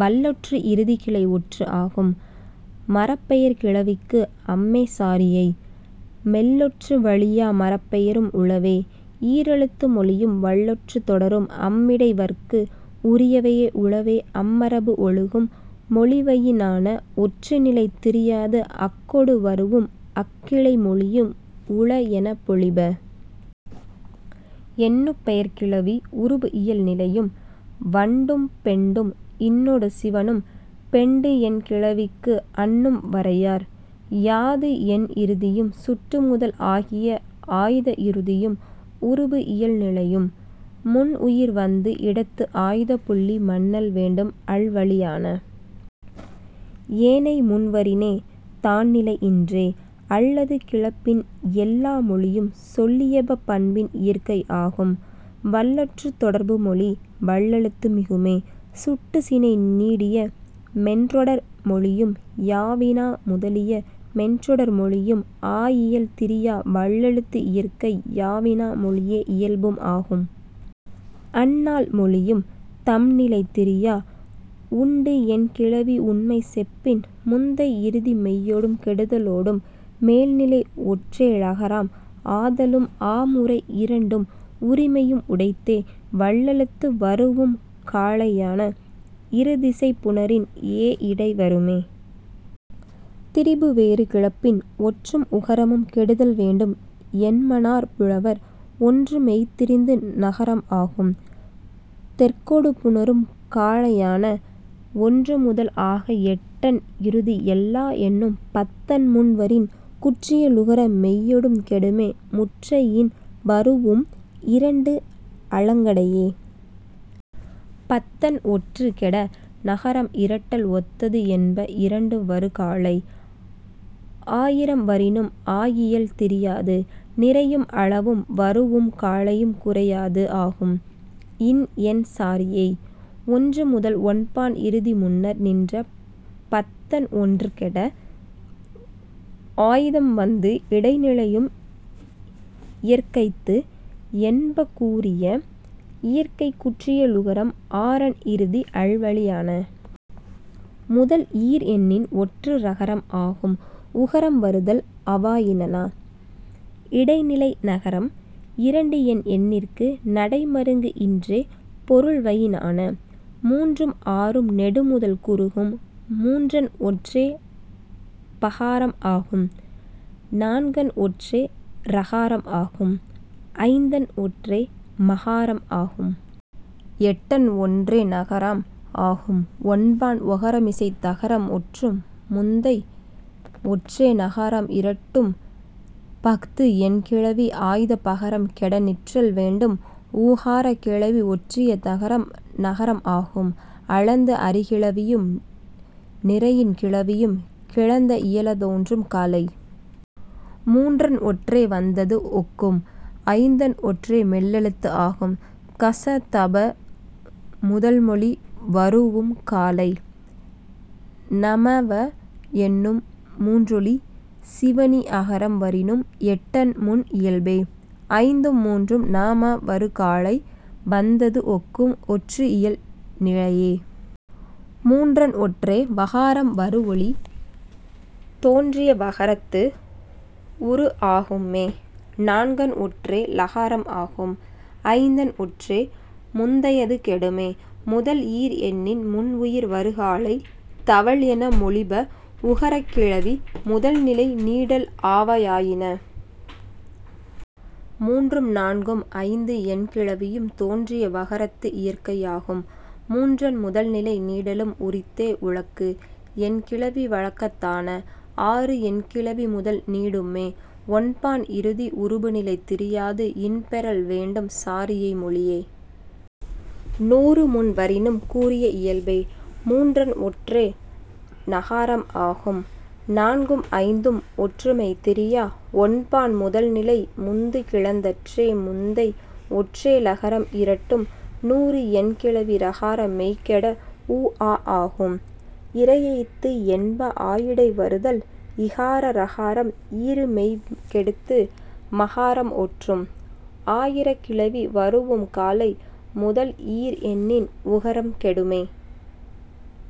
வல்லொற்று இறுதி கிளை ஒற்று ஆகும். மரப்பெயர்க் கிளவிக்கு அம்மே சாரியை. -- மெல்லொற்று வலியா மரப்பெயரும் உளவே. ஈர் எழுத்து மொழியும் வல்லொற்றுத் தொடரும் அம் இடை வரற்கும் உரியவை உளவே அம் மரபு ஒழுகும் மொழிவயினான ஒற்று நிலை திரியாது அக்கொடு வரூஉம் அக் கிளைமொழியும் உள என மொழிப. எண்ணுப்பெயர்க் கிளவி உருபு இயல் நிலையும். வண்டும் பெண்டும் இன்னொடு சிவணும். பெண்டு என் கிளவிக்கு அன்னும் வரையார். யாது என் இறுதியும் சுட்டு முதல் ஆகிய ஆய்த இறுதியும் உருபு இயல் நிலையும். முன் உயிர் வரும் இடத்து ஆய்தப் புள்ளி மன்னல் வேண்டும் அல்வழியான. ஏனை முன் வரினே தான் நிலை இன்றே. அல்லது கிளப்பின் எல்லா மொழியும் சொல்லிய பண்பின் இயற்கை ஆகும். வல்லொற்றுத் தொடர்மொழி வல்லெழுத்து மிகுமே. சுட்டுச் சினை நீடிய மென்றொடர் மொழியும் யா வினா முதலிய மென்றொடர் மொழியும் ஆயியல் திரியா வல்லெழுத்து இயற்கை. யா வினா மொழியே இயல்பும் ஆகும். அந் நால் மொழியும் தம் நிலை திரியா. உண்டு என் கிளவி உண்மை செப்பின் முந்தை இறுதி மெய்யொடும் கெடுதலும் மேல் நிலை ஒற்றே ளகாரம் ஆதலும் ஆ முறை இரண்டும் உரிமையும் உடைத்தே வல்லெழுத்து வரூஉம் காலையான. இரு திசை புணரின் ஏ இடை வருமே. திரிபு வேறு கிளப்பின் ஒற்றும் உகரமும் கெடுதல் வேண்டும் என்மனார் புலவர் ஒற்று மெய் திரிந்து னகாரம் ஆகும் தெற்கொடு புணரும் காலையான. ஒன்று முதல் ஆக எட்டன் இறுதி எல்லா எண்ணும் பத்தன் முன் வரின் குற்றியலுகரம் மெய்யொடும் கெடுமே முற்ற இன் வரூஉம் இரண்டு அலங்கடையே. பத்தன் ஒற்றுக் கெட னகாரம் இரட்டல் ஒத்தது என்ப இரண்டு வரு காலை. ஆயிரம் வரினும் ஆயியல் திரியாது. நிறையும் அளவும் வரூஉம் காலையும் குறையாது ஆகும் இன் என் சாரியை. ஒன்று முதல் ஒன்பான் இறுதி முன்னர் நின்ற பத்தன் ஒன்ற்றுக் கெட ஆய்தம் வந்து இடை நிலையும் இயற்கைத்து என்ப கூறிய இயற்கை குற்றியலுகரம் ஆறன் இறுதி அல் வழியான. முதல் ஈர் எண்ணின் ஒற்று ரகரம் ஆகும் உகரம் வருதல் ஆவயினான. இடை நிலை ரகரம் இரண்டு என் எண்ணிற்கு நடை மருங்கு இன்றே பொருள்வயினான. மூன்றும் ஆறும் நெடு முதல் குறுகும் மூன்றன் ஒற்றே பகாரம் ஆகும். நான்கன் ஒற்றே றகாரம் ஆகும். ஐந்தன் ஒற்றே மகாரம் ஆகும். எட்டன் ஒற்றே ணகாரம் ஆகும். ஒன்பான் ஒகரமிசைத் தகரம் ஒற்றும் முந்தை ஒற்றே ணகாரம் இரட்டும் பஃது என் கிளவி ஆய்த பகரம் கெட நிற்றல் வேண்டும் ஊகாரக் கிளவி ஒற்றிய தகரம் நகரம் ஆகும். அளந்து அறி கிளவியும் நிறையின் கிளவியும் கிளந்த இயல தோன்றும் காலை. மூன்றன் ஒற்றே வந்தது ஒக்கும். ஐந்தன் ஒற்றே மெல்லெழுத்து ஆகும். க ச த ப முதல் மொழி வரூஉம் காலை. ந ம வ என்னும் மூன்றொடு சிவணி அகரம் வரினும் எட்டன் முன் இயல்பே. ஐந்தும் மூன்றும் ந ம வரு காலை வந்தது ஒக்கும் ஒற்று இயல் நிலையே. மூன்றன் ஒற்றே வகாரம் வரு வழி தோன்றிய வகாரத்து உரு ஆகும்மே. நான்கன் ஒற்றே லகாரம் ஆகும். ஐந்தன் ஒற்றே முந்தையது கெடுமே. முதல் ஈர் எண்ணின் முன் உயிர் வரு காலை தவல் என மொழிப உகரக் கிளவி முதல் நிலை நீடல் ஆவயினான. மூன்றும் நான்கும் ஐந்து என் கிளவியும் தோன்றிய வகரத்து இயற்கை ஆகும். மூன்றன் முதல் நிலை நீடலும் உரித்தே உழக்கு என் கிளவி வழக்கத்தான. ஆறு என் கிளவி முதல் நீடும்மே. ஒன்பான் இறுதி உருபு நிலை திரியாது இன் பெறல் வேண்டும் சாரியை மொழியே. நூறு முன் வரினும் கூறிய இயல்பே. மூன்றன் ஒற்றே நகாரம் ஆகும். நான்கும் ஐந்தும் ஒற்று மெய் திரியா. ஒன்பான் முதல் நிலை முந்து கிளந்தற்றே முந்தை ஒற்றே ளகாரம் இரட்டும் நூறு என் கிளவி நகாரம் மெய் கெட ஊ ஆ ஆகும் இயற்கைத்து என்ப ஆயிடை வருதல் இகார ரகாரம் ஈறு மெய் கெடுத்து மகாரம் ஒற்றும். ஆயிரக் கிளவி வரூஉம் காலை முதல் ஈர் எண்ணின் உகரம் கெடுமே.